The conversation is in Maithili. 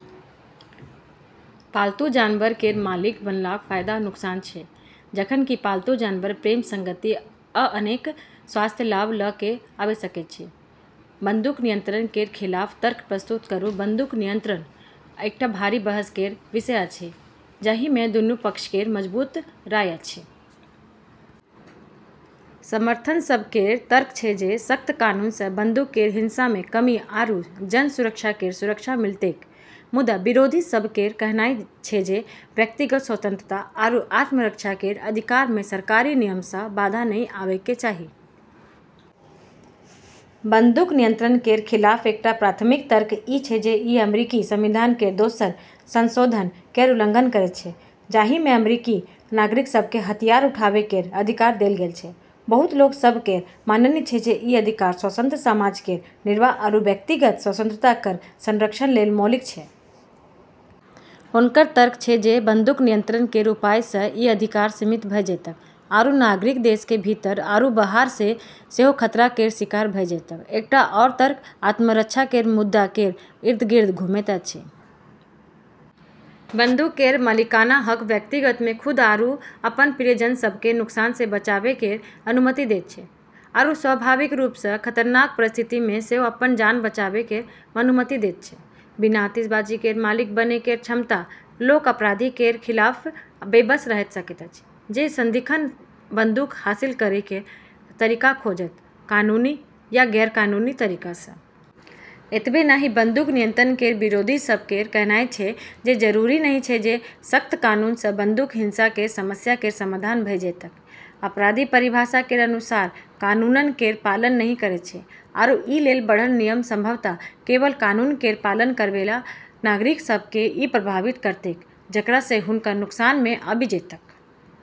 निष्कर्षतः पालतू जानवर केर मालिक बनलाक फायदा आ नुकसान छै। जखन कि पालतू जानवर प्रेम, संगति, आ अनेक स्वास्थ्य लाभ ल' कऽ आबि सकैत अछि। बंदूक नियंत्रण केर खिलाफ तर्क प्रस्तुत करू। बंदूक नियंत्रण एकटा भारी बहस केर विषय अछि जाहिमे दुनू पक्ष केर मजबूत राय अछि। समर्थक सभ केर तर्क छै जे सख्त कानूनसँ बंदूक केर हिंसामे कमी आरू जन सुरक्षा केर सुरक्षा मिलतैक, मुदा विरोधी सभ केर कहनाय छै जे व्यक्तिगत स्वतंत्रता आरू आत्मरक्षा केर अधिकारमे सरकारी नियमनसँ बाधा नहि आबै के चाही। बंदूक नियंत्रण केर खिलाफ एकटा प्राथमिक तर्क ई छै जे ई अमेरिकी संविधान केर दोसर संशोधन केर उल्लंघन करैत छै, जाहिमे अमेरिकी नागरिक सभकेँ हथियार उठाबै केर अधिकार देल गेल छै। बहुत लोग सभ केर माननाय छै जे ई अधिकार स्वतंत्र समाज केर निर्वाह आरू व्यक्तिगत स्वतंत्रता केर संरक्षण लेल मौलिक छै। हुनकर तर्क छै जे बंदूक नियंत्रण केर उपायसँ ई अधिकार सीमित भऽ जेतैक आरू नागरिक देश केर भीतर आरू बाहरसँ सेहो खतरा केर शिकार भऽ जेतैक। एकटा आओर तर्क आत्मरक्षा केर मुद्दा केर इर्द-गिर्द घूमैत अछि। बंदूक केर मालिकाना हक व्यक्तिमे खुद आरू अपन प्रियजन सभकेँ नुकसानसँ बचाबै केर अनुमति दैत छै आरू संभावित रूपसँ खतरनाक परिस्थितिमे सेहो अपन जान बचाबै केर अनुमति दैत छै। बिना आतिशबाजी (हथियार) केर मालिक बनै केर क्षमता केर लोक अपराधी केर खिलाफ बेबस रहि सकैत अछि जे सदिखन बंदूक हासिल करै केर तरीका खोजत, कानूनी या गैर-कानूनी तरीकासँ। एतबे नहि, बंदूक नियंत्रण केर विरोधी सभ केर कहनाय छै जे जरूरी नहि छै जे सख्त कानूनसँ बंदूक हिंसा केर समस्या केर समाधान भऽ जेतैक। अपराधी, परिभाषा केर अनुसार, कानून केर पालन नहि करैत छै, आरू ई लेल बढ़ल नियम संभवतः केवल कानून केर पालन करैबला नागरिक सभकेँ ही प्रभावित करतैक, जेकरासँ हुनका नुकसानमे आबि जेतैक।